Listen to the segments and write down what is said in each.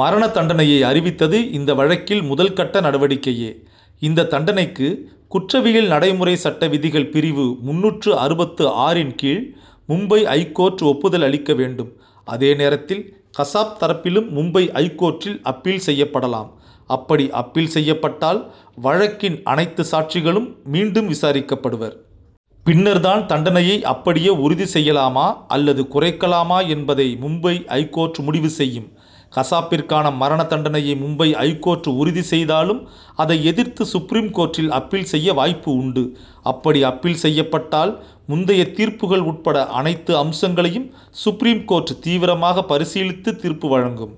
மரண தண்டனையை அறிவித்தது இந்த வழக்கில் முதல் கட்ட நடவடிக்கையே. இந்த தண்டனைக்கு குற்றவியல் நடைமுறை சட்ட விதிகள் பிரிவு முந்நூற்று அறுபத்து ஆறின் கீழ் மும்பை ஐகோர்ட் ஒப்புதல் அளிக்க வேண்டும். அதே நேரத்தில் கசாப் தரப்பிலும் மும்பை ஐகோர்ட்டில் அப்பீல் செய்யப்படலாம். அப்படி அப்பீல் செய்யப்பட்டால் வழக்கின் அனைத்து சாட்சிகளும் மீண்டும் விசாரிக்கப்படுவர். பின்னர் தான் தண்டனையை அப்படியே உறுதி செய்யலாமா அல்லது குறைக்கலாமா என்பதை மும்பை ஐகோர்ட் முடிவு செய்யும். கசாப்பிற்கான மரண தண்டனையை மும்பை ஐகோர்ட் உறுதி செய்தாலும் அதை எதிர்த்து சுப்ரீம் கோர்ட்டில் அப்பீல் செய்ய வாய்ப்பு உண்டு. அப்படி அப்பீல் செய்யப்பட்டால் முந்தைய தீர்ப்புகள் உட்பட அனைத்து அம்சங்களையும் சுப்ரீம் கோர்ட் தீவிரமாக பரிசீலித்து தீர்ப்பு வழங்கும்.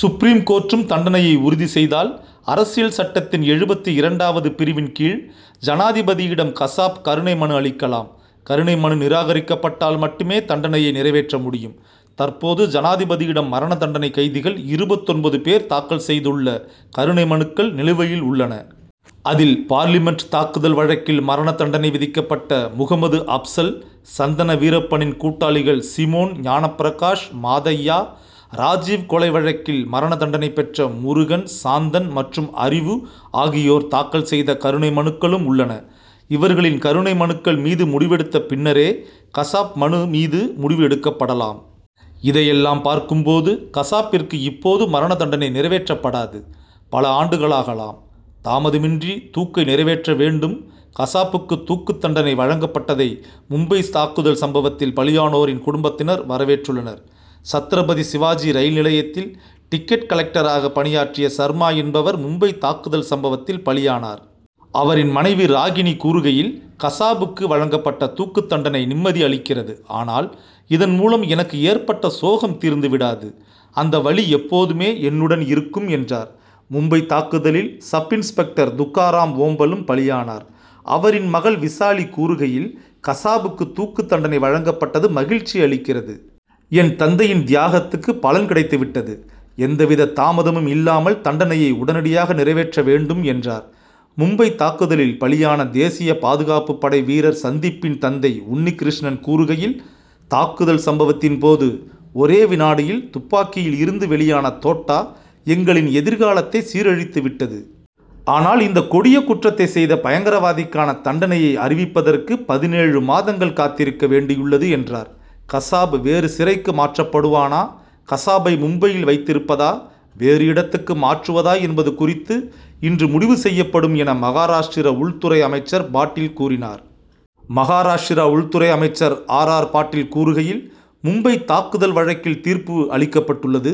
சுப்ரீம் கோர்ட்டும் தண்டனையை உறுதி செய்தால் அரசியல் சட்டத்தின் எழுபத்து இரண்டாவது பிரிவின் கீழ் ஜனாதிபதியிடம் கசாப் கருணை மனு அளிக்கலாம். கருணை மனு நிராகரிக்கப்பட்டால் மட்டுமே தண்டனையை நிறைவேற்ற முடியும். தற்போது ஜனாதிபதியிடம் மரண தண்டனை கைதிகள் இருபத்தொன்பது பேர் தாக்கல் செய்துள்ள கருணை மனுக்கள் நிலுவையில் உள்ளன. அதில் பார்லிமென்ட் தாக்குதல் வழக்கில் மரண தண்டனை விதிக்கப்பட்ட முகமது அப்சல் சந்தன வீரப்பனின் கூட்டாளிகள் சிமோன் ஞானபிரகாஷ் மாதய்யா ராஜிவ் கொலை வழக்கில் மரண தண்டனை பெற்ற முருகன் சாந்தன் மற்றும் அறிவு ஆகியோர் தாக்கல் செய்த கருணை மனுக்களும் உள்ளன. இவர்களின் கருணை மனுக்கள் மீது முடிவெடுத்த பின்னரே கசாப் மனு மீது முடிவு எடுக்கப்படலாம். இதையெல்லாம் பார்க்கும் போது கசாப்பிற்கு இப்போது மரண தண்டனை நிறைவேற்றப்படாது. பல ஆண்டுகளாகலாம். தாமதமின்றி தூக்கை நிறைவேற்ற வேண்டும் கசாபுக்கு தூக்கு தண்டனை வழங்கப்பட்டதை மும்பை தாக்குதல் சம்பவத்தில் பலியானோரின் குடும்பத்தினர் வரவேற்றுள்ளனர். சத்ரபதி சிவாஜி ரயில் நிலையத்தில் டிக்கெட் கலெக்டராக பணியாற்றிய சர்மா என்பவர் மும்பை தாக்குதல் சம்பவத்தில் பலியானார். அவரின் மனைவி ராகினி கூறுகையில் கசாபுக்கு வழங்கப்பட்ட தூக்கு தண்டனை நிம்மதி அளிக்கிறது. ஆனால் இதன்மூலம் எனக்கு ஏற்பட்ட சோகம் தீர்ந்து விடாது. அந்த வலி எப்போதுமே என்னுடன் இருக்கும் என்றார். மும்பை தாக்குதலில் சப் இன்ஸ்பெக்டர் துகாராம் ஓம்பலும் பலியானார். அவரின் மகள் விசாலி கூறுகையில் கசாபுக்கு தூக்கு தண்டனை வழங்கப்பட்டது மகிழ்ச்சி அளிக்கிறது. என் தந்தையின் தியாகத்துக்கு பலன் கிடைத்து விட்டது. எந்தவித தாமதமும் இல்லாமல் தண்டனையை உடனடியாக நிறைவேற்ற வேண்டும் என்றார். மும்பை தாக்குதலில் பலியான தேசிய பாதுகாப்பு படை வீரர் சந்தீப்பின் தந்தை உன்னி கிருஷ்ணன் கூறுகையில் தாக்குதல் சம்பவத்தின்போது ஒரே விநாடியில் துப்பாக்கியில் இருந்து வெளியான தோட்டா எங்களின் எதிர்காலத்தை சீரழித்து விட்டது. ஆனால் இந்த கொடிய குற்றத்தை செய்த பயங்கரவாதிக்கான தண்டனையை அறிவிப்பதற்கு பதினேழு மாதங்கள் காத்திருக்க வேண்டியுள்ளது என்றார். கசாப் வேறு சிறைக்கு மாற்றப்படுவானா கசாப்பை மும்பையில் வைத்திருப்பதா வேறு இடத்துக்கு மாற்றுவதா என்பது குறித்து இன்று முடிவு செய்யப்படும் என மகாராஷ்டிர உள்துறை அமைச்சர் பாட்டீல் கூறினார். மகாராஷ்டிரா உள்துறை அமைச்சர் ஆர். ஆர். பாட்டீல் கூறுகையில் மும்பைத் தாக்குதல் வழக்கில் தீர்ப்பு அளிக்கப்பட்டுள்ளது.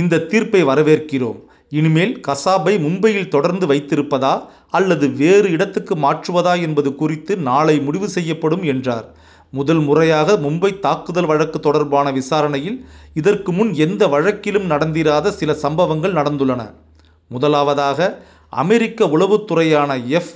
இந்த தீர்ப்பை வரவேற்கிறோம். இனிமேல் கசாப்பை மும்பையில் தொடர்ந்து வைத்திருப்பதா அல்லது வேறு இடத்துக்கு மாற்றுவதா என்பது குறித்து நாளை முடிவு செய்யப்படும் என்றார். முதல் முறையாகமும்பைத் தாக்குதல் வழக்கு தொடர்பான விசாரணையில் இதற்குமுன் எந்த வழக்கிலும் நடந்திராத சில சம்பவங்கள் நடந்துள்ளன. முதலாவதாக அமெரிக்க உளவுத் துறையான எப்.